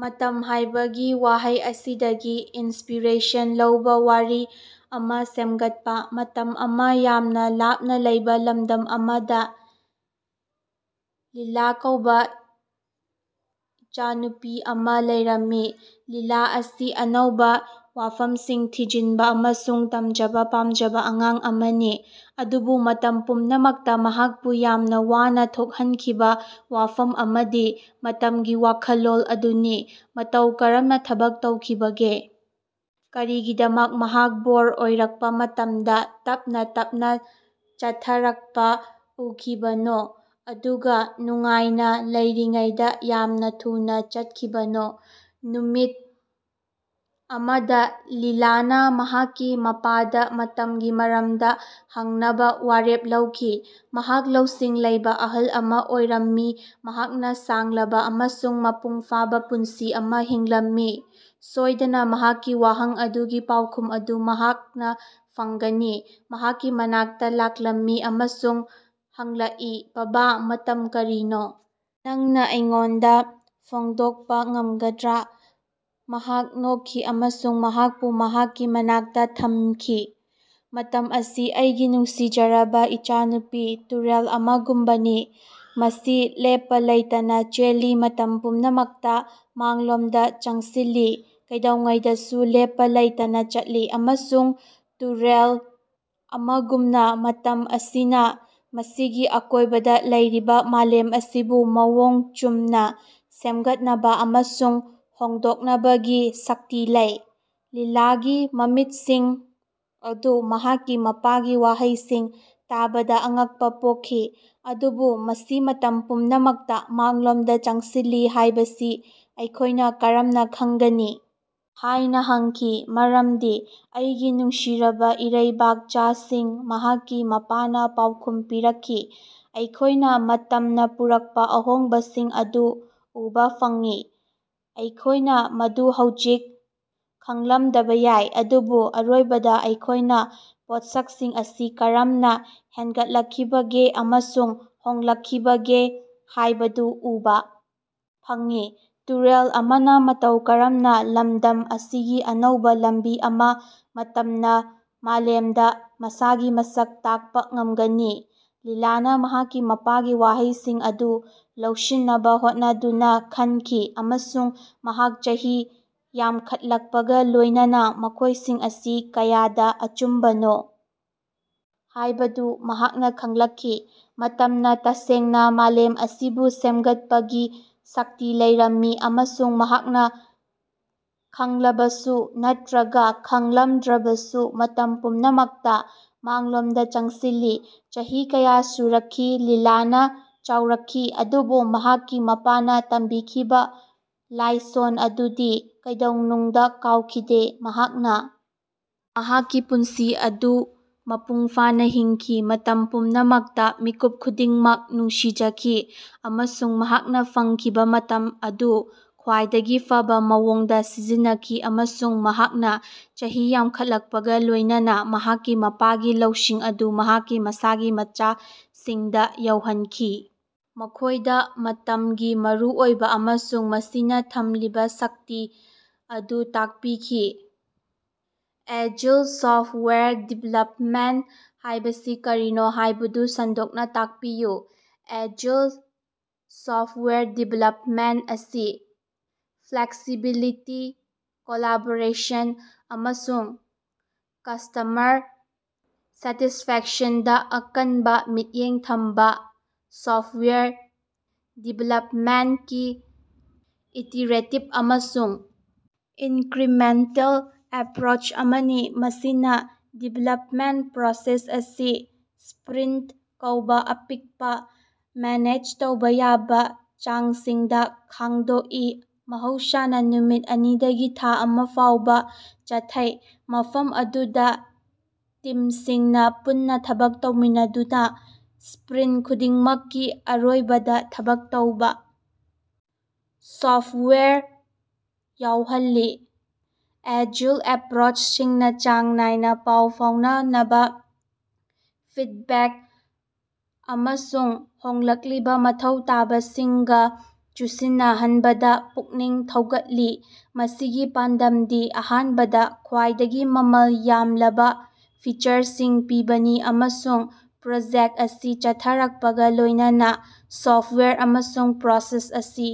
ꯃꯇꯝ ꯍꯥꯢꯕꯒꯤ ꯋꯥꯍꯩ ꯑꯁꯤꯗꯒꯤ ꯏꯟꯁꯄꯤꯔꯦꯁꯟ ꯂꯧꯕꯥ ꯋꯥꯔꯤ ꯑꯃꯥ ꯁꯦꯃꯒꯠꯄꯥ꯫ ꯃꯇꯝ ꯑꯃꯗ ꯌꯥꯝꯅ ꯂꯥꯞꯅ ꯂꯩ ꯂꯝꯗꯝ ꯑꯃꯗ ꯂꯤꯂꯥ ꯀꯧꯕꯥ ꯏꯆꯥꯅꯨꯄꯤ ꯑꯃ ꯂꯩꯔꯝꯃꯤ꯫ ꯂꯤꯂꯥ ꯑꯁꯤ ꯑꯅꯧꯕꯥ ꯋꯥꯐꯝꯁꯤꯡ ꯊꯤꯖꯤꯟꯕ ꯑꯃꯁꯨꯡ ꯇꯝꯖꯕ ꯄꯥꯝꯖꯕ ꯑꯉꯥꯡ ꯑꯃꯅꯤ꯫ ꯑꯗꯨꯕꯨ ꯃꯇꯝ ꯄꯨꯝꯅꯃꯛꯇ ꯃꯍꯥꯛꯄꯨ ꯌꯥꯝꯅ ꯋꯥꯅ ꯊꯣꯛꯍꯟꯈꯤꯕ ꯋꯥꯐꯝ ꯑꯃꯗꯤ ꯃꯇꯝꯒꯤ ꯋꯥꯈꯜꯂꯣꯟ ꯑꯗꯨꯅꯤ꯫ ꯃꯇꯧ ꯀꯔꯝꯅ ꯊꯕꯛ ꯇꯧꯈꯤꯕꯒꯦ? ꯀꯔꯤꯒꯤꯗꯃꯛ ꯃꯍꯥꯛ ꯕꯣꯔ ꯑꯣꯏꯔꯛꯄ ꯃꯇꯝꯗ ꯇꯞꯅ ꯇꯞꯅ ꯆꯠꯊꯔꯛꯄ ꯎꯈꯤꯕꯅꯣ, ꯑꯗꯨꯒꯥ ꯅꯨꯡꯉꯥꯏꯅꯥ ꯂꯩꯔꯤꯉꯩꯗꯥ ꯌꯥꯝꯅꯥ ꯊꯨꯅꯥ ꯆꯠꯈꯤꯕꯅꯣ? ꯅꯨꯃꯤꯠ ꯑꯃꯗ ꯂꯤꯂꯥꯅ ꯃꯍꯥꯛꯀꯤ ꯃꯄꯥꯗ ꯃꯇꯝꯒꯤ ꯃꯔꯝꯗ ꯍꯪꯅꯕꯥ ꯋꯥꯔꯦꯞ ꯂꯧꯈꯤ꯫ ꯃꯍꯥꯛ ꯂꯧꯁꯤꯡ ꯂꯩꯕꯥ ꯑꯍꯜ ꯑꯃ ꯑꯣꯏꯔꯝꯃꯤ ꯃꯍꯥꯛꯅ ꯁꯥꯡꯂꯕ ꯑꯃꯁꯨꯡ ꯃꯄꯨꯡ ꯐꯥꯕ ꯄꯨꯟꯁꯤ ꯑꯃ ꯍꯤꯡꯂꯝꯃꯤ꯫ ꯁꯣꯢꯗꯅ ꯃꯍꯥꯛꯀꯤ ꯋꯥꯍꯪ ꯑꯗꯨꯒꯤ ꯄꯥꯎꯈꯨꯝ ꯑꯗꯨ ꯃꯍꯥꯛꯅ ꯐꯪꯒꯅꯤ꯫ ꯃꯍꯥꯛꯀꯤ ꯃꯅꯥꯛꯇ ꯂꯥꯛꯂꯝꯃꯤ ꯑꯃꯁꯨꯡ ꯍꯪꯂꯛꯏ ꯕꯥꯕꯥ ꯃꯇꯝ ꯀꯔꯤꯅꯣ? ꯅꯪꯅꯥ ꯑꯩꯉꯣꯟꯗꯥ ꯐꯣꯡꯗꯣꯛꯄ ꯉꯝꯒꯗ꯭ꯔꯥ? ꯃꯍꯥꯛ ꯅꯣꯛꯈꯤ ꯑꯃꯁꯨꯡ ꯃꯍꯥꯛꯄꯨ ꯃꯍꯥꯛꯀꯤ ꯃꯅꯥꯛꯇꯥ ꯊꯝꯈꯤ꯫ ꯃꯇꯝ ꯑꯁꯤ ꯑꯩꯒꯤ ꯅꯨꯡꯁꯤꯖꯔꯕ ꯏꯆꯥꯅꯨꯄꯤ ꯇꯨꯔꯦꯜ ꯑꯃꯒꯨꯝꯕꯅꯤ꯫ ꯃꯁꯤ ꯂꯦꯞꯄꯥ ꯂꯩꯇꯅꯥ ꯆꯦꯜꯂꯤ ꯃꯇꯝ ꯄꯨꯝꯅꯃꯛꯇꯥ ꯃꯥꯡꯂꯣꯝꯗꯥ ꯆꯪꯁꯤꯜꯂꯤ ꯀꯩꯗꯧꯉꯩꯗꯁꯨ ꯂꯦꯞꯄ ꯂꯩꯇꯅ ꯆꯠꯂꯤ꯫ ꯑꯃꯁꯨꯡ ꯇꯨꯔꯦꯜ ꯑꯃꯒꯨꯝꯅ ꯃꯇꯝ ꯑꯁꯤꯅ ꯃꯁꯤꯒꯤ ꯑꯀꯣꯢꯕꯗ ꯂꯩꯔꯤꯕꯥ ꯃꯥꯂꯦꯝ ꯑꯁꯤꯕꯨ ꯃꯑꯣꯡ ꯆꯨꯝꯅꯥ ꯁꯦꯝꯒꯠꯅꯕ ꯑꯃꯁꯨꯡ ꯍꯣꯡꯗꯣꯛꯅꯕꯒꯤ ꯁꯛꯇꯤ ꯂꯩ꯫ ꯂꯤꯂꯥꯒꯤ ꯃꯃꯤꯠꯁꯤꯡ ꯑꯗꯨ ꯃꯍꯥꯛꯀꯤ ꯃꯄꯥꯒꯤ ꯋꯥꯍꯩꯁꯤꯡ ꯇꯥꯕꯗꯥ ꯑꯉꯛꯄꯥ ꯄꯣꯛꯈꯤ꯫ ꯑꯗꯨꯕꯨ ꯃꯁꯤ ꯃꯇꯝ ꯄꯨꯝꯅꯃꯛꯇ ꯃꯥꯡꯂꯣꯝꯗ ꯆꯪꯁꯤꯜꯂꯤ ꯍꯥꯢꯕꯁꯤ ꯑꯩꯈꯣꯢꯅ ꯀꯔꯝꯅꯥ ꯈꯡꯒꯅꯤ? ꯍꯥꯢꯅ ꯍꯪꯈꯤ꯫ ꯃꯔꯃꯗꯤ ꯑꯩꯒꯤ ꯅꯨꯡꯁꯤꯔꯕꯥ ꯏꯔꯩꯕꯥꯛꯆꯥꯁꯤꯡ ꯃꯍꯥꯛꯀꯤ ꯃꯄꯥꯅ ꯄꯥꯎꯈꯨꯝ ꯄꯤꯔꯛꯈꯤ ꯑꯩꯈꯣꯢꯅ ꯃꯇꯝꯅ ꯄꯨꯔꯛꯄ ꯑꯍꯣꯡꯕꯁꯤꯡ ꯑꯗꯨ ꯎꯕꯥ ꯐꯪꯏ꯫ ꯑꯩꯈꯣꯢꯅ ꯃꯗꯨ ꯍꯧꯖꯤꯛ ꯈꯡꯂꯝꯗꯕ ꯌꯥꯏ ꯑꯗꯨꯕꯨ ꯑꯔꯣꯏꯕꯗ ꯑꯩꯈꯣꯢꯅ ꯄꯣꯠꯁꯛꯁꯤꯡ ꯑꯁꯤ ꯀꯔꯝꯅ ꯍꯦꯟꯒꯠꯂꯛꯈꯤꯕꯒꯦ ꯑꯃꯁꯨꯡ ꯍꯣꯡꯂꯛꯈꯤꯕꯒꯦ ꯍꯥꯢꯕꯗꯨ ꯎꯕꯥ ꯐꯪꯏ꯫ ꯇꯨꯔꯦꯜ ꯑꯃꯅ ꯃꯇꯧ ꯀꯔꯝꯅ ꯂꯝꯗꯝ ꯑꯁꯤꯒꯤ ꯑꯅꯧꯕ ꯂꯝꯕꯤ ꯑꯃ ꯃꯇꯝꯅ ꯃꯥꯂꯦꯝꯗ ꯃꯁꯥꯒꯤ ꯃꯁꯛ ꯇꯥꯛꯄ ꯉꯝꯒꯅꯤ꯫ ꯂꯤꯂꯥꯅ ꯃꯍꯥꯛꯀꯤ ꯃꯄꯥꯒꯤ ꯋꯥꯍꯩꯁꯤꯡ ꯑꯗꯨ ꯂꯧꯁꯤꯟꯅꯕ ꯍꯣꯠꯅꯗꯨꯅ ꯈꯟꯈꯤ ꯑꯃꯁꯨꯡ ꯃꯍꯥꯛ ꯆꯍꯤ ꯌꯥꯝꯈꯠꯂꯛꯄꯒ ꯂꯣꯢꯅꯅꯥ ꯃꯈꯣꯢꯁꯤꯡ ꯑꯁꯤ ꯀꯌꯥꯗ ꯑꯆꯨꯝꯕꯅꯣ ꯍꯥꯢꯕꯗꯨ ꯃꯍꯥꯛꯅ ꯈꯡꯂꯛꯈꯤ꯫ ꯃꯇꯝꯅ ꯇꯁꯦꯡꯅ ꯃꯥꯂꯦꯝ ꯑꯁꯤꯕꯨ ꯁꯦꯝꯒꯠꯄꯒꯤ ꯁꯛꯇꯤ ꯂꯩꯔꯝꯃꯤ ꯑꯃꯁꯨꯡ ꯃꯍꯥꯛꯅ ꯈꯡꯂꯕꯁꯨ ꯅꯠꯇ꯭ꯔꯒ ꯈꯡꯂꯝꯗꯕꯁꯨ ꯃꯇꯝ ꯄꯨꯝꯅꯃꯛꯇ ꯃꯥꯡꯂꯣꯝꯗ ꯆꯪꯁꯤꯜꯂꯤ꯫ ꯆꯍꯤ ꯀꯌꯥ ꯁꯨꯔꯛꯈꯤ ꯂꯤꯂꯥꯅ ꯆꯥꯎꯔꯛꯈꯤ ꯑꯗꯨꯕꯨ ꯃꯍꯥꯛꯀꯤ ꯃꯄꯥꯅ ꯇꯝꯕꯤꯈꯤꯕ ꯂꯥꯏꯁꯣꯟ ꯑꯗꯨꯗꯤ ꯀꯩꯗꯧꯅꯨꯡꯗ ꯀꯥꯎꯈꯤꯗꯦ꯫ ꯃꯍꯥꯛꯅ ꯃꯍꯥꯛꯀꯤ ꯄꯨꯟꯁꯤ ꯑꯗꯨ ꯃꯄꯨꯡ ꯐꯥꯅ ꯍꯤꯡꯈꯤ ꯃꯇꯝ ꯄꯨꯝꯅꯃꯛꯇ ꯃꯤꯀꯨꯞ ꯈꯨꯗꯤꯡꯃꯛ ꯅꯨꯡꯁꯤꯖꯈꯤ ꯑꯃꯁꯨꯡ ꯃꯍꯥꯛꯅ ꯐꯪꯈꯤꯕ ꯃꯇꯝ ꯑꯗꯨ ꯈ꯭ꯋꯥꯏꯗꯒꯤ ꯐꯕꯥ ꯃꯑꯣꯡꯗ ꯁꯤꯖꯤꯟꯅꯈꯤ ꯑꯃꯁꯨꯡ ꯃꯍꯥꯛꯅ ꯆꯍꯤ ꯌꯥꯝꯈꯠꯂꯛꯄꯒ ꯂꯣꯢꯅꯅꯥ ꯃꯍꯥꯛꯀꯤ ꯃꯄꯥꯒꯤ ꯂꯧꯁꯤꯡ ꯑꯗꯨ ꯃꯍꯥꯛꯀꯤ ꯃꯁꯥꯒꯤ ꯃꯆꯥꯁꯤꯡꯗ ꯌꯧꯍꯟꯈꯤ ꯃꯈꯣꯢꯗ ꯃꯇꯝꯒꯤ ꯃꯔꯨꯑꯣꯏꯕ ꯑꯃꯁꯨꯡ ꯃꯁꯤꯅ ꯊꯝꯂꯤꯕ ꯁꯛꯇꯤ ꯑꯗꯨ ꯇꯥꯛꯄꯤꯈꯤ꯫ ꯑꯦꯖꯤꯜ ꯁꯣꯐꯇꯋꯥꯌꯔ ꯗꯤꯚꯦꯂꯞꯃꯦꯟꯇ ꯍꯥꯢꯕꯁꯤ ꯀꯔꯤꯅꯣ ꯍꯥꯢꯕꯗꯨ ꯁꯟꯗꯣꯛꯅ ꯇꯥꯛꯄꯤꯌꯨ꯫ ꯑꯦꯖꯤꯜ ꯁꯣꯐꯇꯋꯥꯌꯔ ꯗꯤꯚꯦꯂꯞꯃꯦꯟꯇ ꯑꯁꯤ ꯐ꯭ꯂꯦꯛꯁꯤꯕꯤꯂꯤꯇꯤ, ꯀꯣꯂꯥꯕꯣꯔꯦꯁꯟ, ꯑꯃꯁꯨꯡ ꯀꯁꯇꯃꯔ ꯁꯦꯇꯤꯁꯐꯦꯛꯁꯟꯗꯥ ꯑꯀꯟꯕ ꯃꯤꯠꯌꯦꯡ ꯊꯝꯕ ꯁꯣꯐꯇꯋꯥꯌꯔ ꯗꯤꯚꯦꯂꯄꯃꯦꯟꯇꯒꯤ ꯏꯇꯤꯔꯦꯇꯤꯚ ꯑꯃꯁꯨꯡ ꯏꯟꯀ꯭ꯔꯤꯃꯦꯟꯇꯦꯜ ꯑꯦꯄ꯭ꯔꯣꯆ ꯑꯃꯅꯤ꯫ ꯃꯁꯤꯅꯥ ꯗꯤꯕꯦꯂꯞꯃꯦꯟꯇ ꯄ꯭ꯔꯣꯁꯦꯁ ꯑꯁꯤ ꯁꯄ꯭ꯔꯤꯟꯇ ꯀꯧꯕꯥ ꯑꯄꯤꯛꯄ ꯃꯦꯅꯦꯖ ꯇꯧꯕꯥ ꯌꯥꯕ ꯆꯥꯡꯁꯤꯡꯗꯥ ꯈꯥꯛꯗꯣꯛꯏ ꯃꯍꯧꯁꯥꯅ ꯅꯨꯃꯤꯠ ꯑꯅꯤꯗꯒꯤ ꯊꯥ ꯑꯃꯥ ꯐꯥꯎꯕꯥ ꯆꯠꯊꯩ ꯃꯐꯝ ꯑꯗꯨꯗꯥ ꯇꯤꯝꯁꯤꯡꯅꯥ ꯄꯨꯟꯅꯥ ꯊꯕꯛ ꯇꯧꯃꯤꯟꯅꯗꯨꯅꯥ ꯁꯄ꯭ꯔꯤꯟꯇ ꯈꯨꯗꯤꯡꯃꯛꯀꯤ ꯑꯔꯣꯏꯕꯗ ꯊꯕꯛ ꯇꯧꯕꯥ ꯁꯣꯐꯋꯦꯌꯔ ꯌꯧꯍꯜꯂꯤ꯫ ꯑꯦꯖꯤꯜ ꯑꯦꯄ꯭ꯔꯣꯆꯁꯤꯡꯅ ꯆꯥꯡ ꯅꯥꯏꯅ ꯄꯥꯎ ꯐꯥꯎꯅꯕ, ꯐꯤꯗꯕꯦꯛ ꯑꯃꯁꯨꯡ ꯍꯣꯡꯂꯛꯂꯤꯕ ꯃꯊꯧ ꯇꯥꯕꯁꯤꯡꯒ ꯆꯨꯁꯤꯟꯅꯍꯟꯕꯗ ꯄꯨꯛꯅꯤꯡ ꯊꯧꯒꯠꯂꯤ꯫ ꯃꯁꯤꯒꯤ ꯄꯥꯟꯗꯝꯗꯤ ꯑꯍꯥꯟꯕꯗ ꯈ꯭ꯋꯥꯏꯗꯒꯤ ꯃꯃꯜ ꯌꯥꯝꯂꯕ ꯐꯤꯆꯔꯁꯤꯡ ꯄꯤꯕꯅꯤ ꯑꯃꯁꯨꯡ ꯄ꯭ꯔꯣꯖꯦꯛꯇ ꯑꯁꯤ ꯆꯠꯊꯔꯛꯄꯒ ꯂꯣꯢꯅꯅ ꯁꯣꯐꯋꯦꯌꯔ ꯑꯃꯁꯨꯡ ꯄ꯭ꯔꯣꯁꯦꯁ ꯑꯁꯤ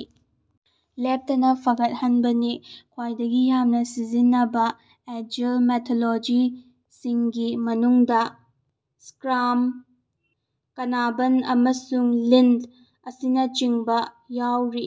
ꯂꯦꯞꯇꯅ ꯐꯒꯠꯍꯟꯕꯅꯤ꯫ ꯈ꯭ꯋꯥꯏꯗꯒꯤ ꯌꯥꯝꯅ ꯁꯤꯖꯤꯟꯅꯕ ꯑꯦꯖꯤꯜ ꯃꯦꯊꯣꯗꯣꯂꯣꯖꯤꯁꯤꯡꯒꯤ ꯃꯅꯨꯡꯗꯥ ꯁꯀ꯭ꯔꯥꯝ, ꯀꯥꯅꯕꯟ, ꯑꯃꯁꯨꯡ ꯂꯤꯟ ꯑꯁꯤꯅꯆꯤꯡꯕꯥ ꯌꯥꯑꯣꯔꯤ꯫